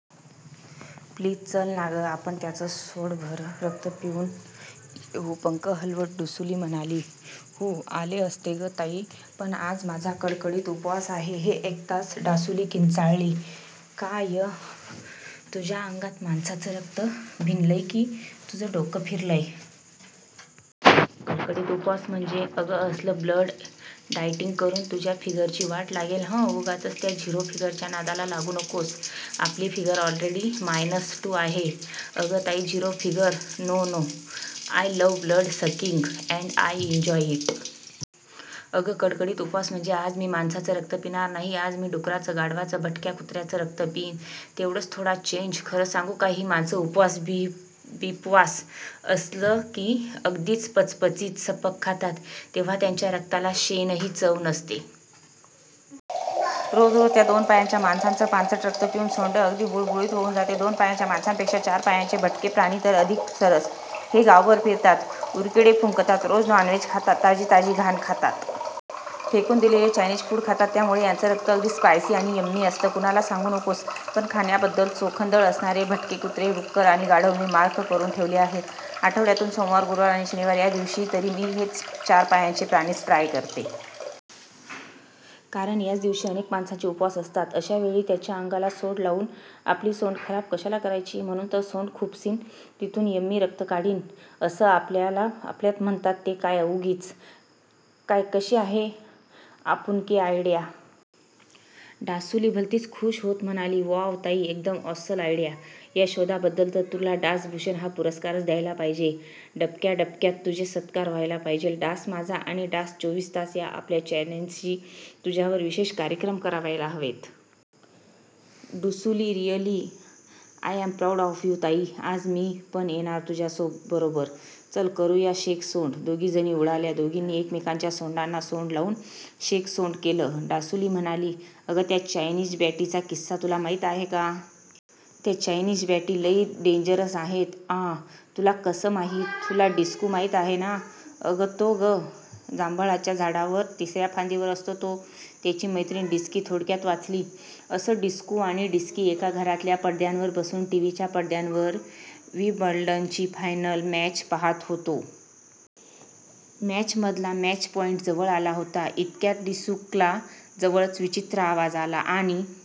Please चल ना गं... आपण त्याचं सोंडभर रक्त पिऊन येऊ.' पंख हलवत डुसुली म्हणाली, 'हूं... आले असते गं ताई, पण आज माझा कडकडीत उपवास आहे.' हे ऐकताच डासुली किंचाळली, 'का... य? तुझ्या अंगात माणसाचं रक्त भिनलंय की तुझं डोकं फिरलंय? कडकडीत उपवास म्हणजे...? अगं असलं ब्लड डाएटींग करून तुझ्या फिगरची वाट लागेल हं. उगाचच त्या झिरो फिगरच्या नादाला लागू नकोस. आपली फिगर ऑलरेडी मायनस टू आहे.' 'अगं ताई, zero figure no... no! I love blood sucking and I enjoy it! अगं कडकडीत उपवास म्हणजे, आज मी माणसाचं रक्त पिणार नाही. आज मी डुकराचं, गाढवाचं, भटक्या कुत्र्याचं रक्त पिईन. तेवढाच थोडा चेंज. खरं सांगू, ही माणसं उपवास-बिपवास असला की अगदीच पचपचीत, सपक खातात. तेव्हा त्यांच्या रक्ताला शेणाचीही चव नसते. रोज रोज त्या दोन पायांच्या माणसांचं पांचट रक्त पिऊन सोंड अगदी बुळबुळीत होऊन जाते. दोन पायांच्या माणसांपेक्षा चार पायांचे भटके प्राणी तर अधिक सरस. हे गावभर फिरतात. उकिरडे फुंकतात. रोज नॉनव्हेज खातात. ताजी ताजी घाण खातात. फेकून दिलेलं चायनीज फूड खातात. त्यामुळे यांचं रक्त अगदी स्पायसी आणि यम्मी असतं. कुणाला सांगू नकोस... पण खाण्याबद्दल चोखंदळ असणारे भटके कुत्रे, डुकरं आणि गाढवं मी मार्क करून ठेवली आहेत. आठवड्यातून सोमवार, गुरुवार आणि शनिवार या दिवशी तरी मी हेच चार पायांचे प्राणीच ट्राय करते. कारण याच दिवशी अनेक माणसांचे उपवास असतात. अशा वेळी त्यांच्या अंगाला सोंड लावून आपली सोंड खराब कशाला करायची? म्हणून तर सोंड खुपसीन तिथून यम्मी रक्त काढीन असं आपल्यात म्हणतात ते काय उगीच? काय कशी आहे आपुनकी आयडिया?' डासुली भलतीच खूश होत म्हणाली, 'वॉव ताई! एकदम ऑसम आयडिया!! या शोधाबद्दल तर तुला डास भूषण हा पुरस्कारच द्यायला पाहिजे. डबक्याडबक्यांत तुझे सत्कार व्हायला पाहिजेत. डास माझा आणि डास चोवीस तास या आपल्या चॅनेल्सनी तुझ्यावर विशेष कार्यक्रम करायला हवेत. डुसुली, really I am proud of you! ताई, आज मी पण येणार तुझ्याबरोबर. चल करूया शेकसोंड.' दोघी जणी उडाल्या. दोघींनी एकमेकांच्या सोंडांना सोंड लावून शेकसोंड केलं. डासुली म्हणाली, 'अगं त्या चायनीज बॅटींचा किस्सा तुला माहीत आहे का? त्या चायनीज बॅटी लई डेंजरस आहेत.' 'आँ? तुला कसं माहीत?' 'तुला डिसकू माहीत आहे ना? अगं तो गं... जांभळाच्या झाडावर तिसऱ्या फांदीवर असतो तो. त्याची मैत्रीण डिसकी थोडक्यात वाचली.' 'अगं डिसकू आणि डिसकी एका घरातल्या पडद्यावर बसून टीव्हीच्या पडद्यावर विंबल्डनची फायनल मॅच पाहात होते. मॅचमधला मॅचपॉईंट जवळ आला होता. इतक्यात डिसकूला जवळच विचित्र आवाज आला आणि